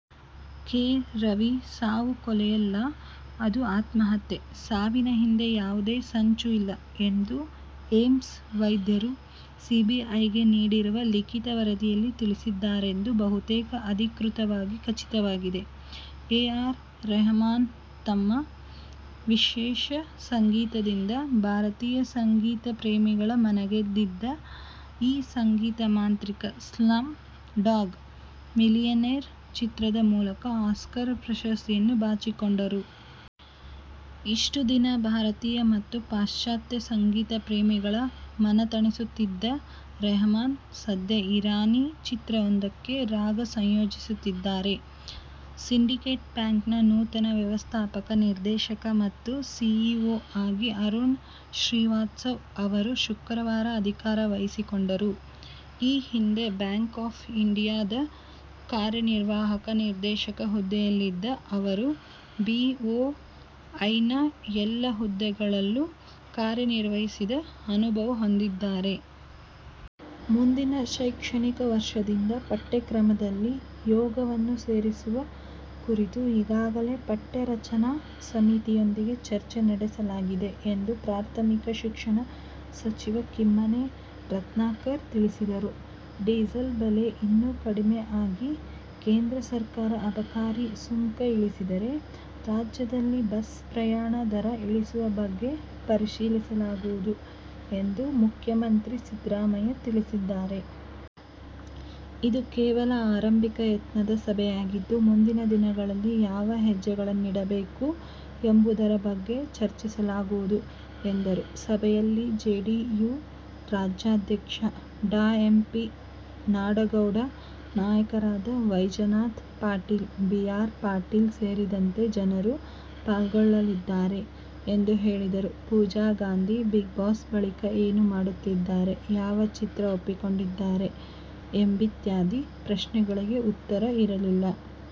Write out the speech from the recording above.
K. Ravi ಸಾವು ಕೊಲೆಯಲ್ಲ, ಅದು ಆತ್ಮಹತ್ಯೆ. ಸಾವಿನ ಹಿಂದೆ ಯಾವುದೇ ಸಂಚು ಇಲ್ಲ ಎಂದು ಏಮ್ಸ್ ವೈದ್ಯರು ಸಿಬಿಐಗೆ ನೀಡಿರುವ ಲಿಖಿತ ವರದಿಯಲ್ಲಿ ತಿಳಿಸಿದ್ದಾರೆಂದು ಬಹುತೇಕ ಅಧಿಕೃತವಾಗಿ ಖಚಿತವಾಗಿದೆ. ಎ. ಆರ್ ರೆಹಮಾನ್ತಮ್ಮ ವಿಶೇಷ ಸಂಗೀತದಿಂದ ಭಾರತೀಯ ಸಂಗೀತ ಪ್ರೇಮಿಗಳ ಮನಗೆದಿದ್ದ ಈ ಸಂಗೀತ ಮಾಂತ್ರಿಕ ಸ್ಲಂ ಡಾಗ್ ಮಿಲಿಯನೇರ್ ಚಿತ್ರದ ಮೂಲಕ ಆಸ್ಕರ್ ಪ್ರಶಸ್ತಿಯನ್ನು ಬಾಚಿಕೊಂಡರು. ಇಷ್ಟು ದಿನ ಭಾರತೀಯ ಮತ್ತು ಪಾಶ್ಚಾತ್ಯ ಸಂಗೀತ ಪ್ರೇಮಿಗಳ ಮನತಣಿಸಿಸುತ್ತಿದ್ದ ರೆಹಮಾನ್ ಸದ್ಯ ಇರಾನಿ ಚಿತ್ರವೊಂದಕ್ಕೆ ರಾಗ ಸಂಯೋಜಿಸುತ್ತಿದ್ದಾರೆ. ಸಿಂಡಿಕೇಟ್ ಬ್ಯಾಂಕ್ನ ನೂತನ ವ್ಯವಸ್ಥಾಪಕ ನಿರ್ದೇಶಕ ಮತ್ತು ಸಿಇಓ ಆಗಿ ಅರುಣ್ ಶ್ರೀವಾಸ್ತವ ಅವರು ಶುಕ್ರವಾರ ಅಧಿಕಾರ ವಹಿಸಿಕೊಂಡರು. ಈ ಹಿಂದೆ ಬ್ಯಾಂಕ್ ಆಫ್ ಇಂಡಿಯಾ ದ ಕಾರ್ಯನಿರ್ವಾಹಕ ನಿರ್ದೇಶಕ ಹುದ್ದೆಯಲ್ಲಿದ್ದ ಅವರು ಬಿಓಐನ ಎಲ್ಲ ಹುದ್ದೆಗಳಲ್ಲೂ ಕಾರ್ಯನಿರ್ವಹಿಸಿದ ಅನುಭವ ಹೊಂದಿದ್ದಾರೆ. ಮುಂದಿನ ಶೈಕ್ಷಣಿಕ ವರ್ಷದಿಂದ ಪಠ್ಯಕ್ರಮದಲ್ಲಿ ಯೋಗವನ್ನು ಸೇರಿಸುವ ಕುರಿತು ಈಗಾಗಲೇ ಪಠ್ಯ ರಚನಾ ಸಮಿತಿಯೊಂದಿಗೆ ಚರ್ಚೆ ನಡೆಸಲಾಗಿದೆ ಎಂದು ಪ್ರಾಥಮಿಕ ಶಿಕ್ಷಣ ಸಚಿವ ಕಿಮ್ಮನೆ ರತ್ನಾಕರ ತಿಳಿಸಿದರು. ಡೀಸೆಲ್ ಬೆಲೆ ಇನ್ನೂ ಕಡಿಮೆ ಆಗಿ ಕೇಂದ್ರ ಸರ್ಕಾರ ಅಬಕಾರಿ ಸುಂಕ ಇಳಿಸಿದರೆ, ರಾಜ್ಯದಲ್ಲಿ ಬಸ್ ಪ್ರಯಾಣ ದರ ಇಳಿಸುವ ಬಗ್ಗೆ ಪರಿಶೀಲಿಸಲಾಗುವುದು ಎಂದು ಮುಖ್ಯ ಮಂತ್ರಿ ಸಿದ್ದರಾಮಯ್ಯ ತಿಳಿಸಿದ್ದಾರೆ. ಇದು ಕೇವಲ ಆರಂಭಿಕ ಯತ್ನದ ಸಭೆಯಾಗಿದ್ದು, ಮುಂದಿನ ದಿನಗಳಲ್ಲಿ ಯಾವ ಹೆಜ್ಜೆಗಳನ್ನಿಡಬೇಕು ಎಂಬುದರ ಬಗ್ಗೆ ಚರ್ಚಿಸಲಾಗುವುದು ಎಂದರು. ಸಭೆಯಲ್ಲಿ ಜೆಡಿಯು ರಾಜ್ಯಾಧ್ಯಕ್ಷ ಡಾ ಎಂ. ಪಿ. ನಾಡಗೌಡ, ನಾಯಕರಾದ ವೈಜನಾಥ ಪಾಟೀಲ, ಬಿ. ಆರ್. ಪಾಟೀಲ ಸೇರಿದಂತೆ ಜನರು ಪಾಲ್ಗೊಳ್ಳಲಿದ್ದಾರೆ ಎಂದು ಹೇಳಿದರು. ಪೂಜಾ ಗಾಂಧಿ, "ಬಿಗ್ಬಾಸ್' ಬಳಿಕ ಏನು ಮಾಡುತ್ತಿದ್ದಾರೆ, ಯಾವ ಚಿತ್ರ ಒಪ್ಪಿಕೊಂಡಿದ್ದಾರೆ ಎಂಬಿತ್ಯಾದಿ ಪ್ರಶ್ನೆಗಳಿಗೆ ಉತ್ತರ ಇರಲಿಲ್ಲ.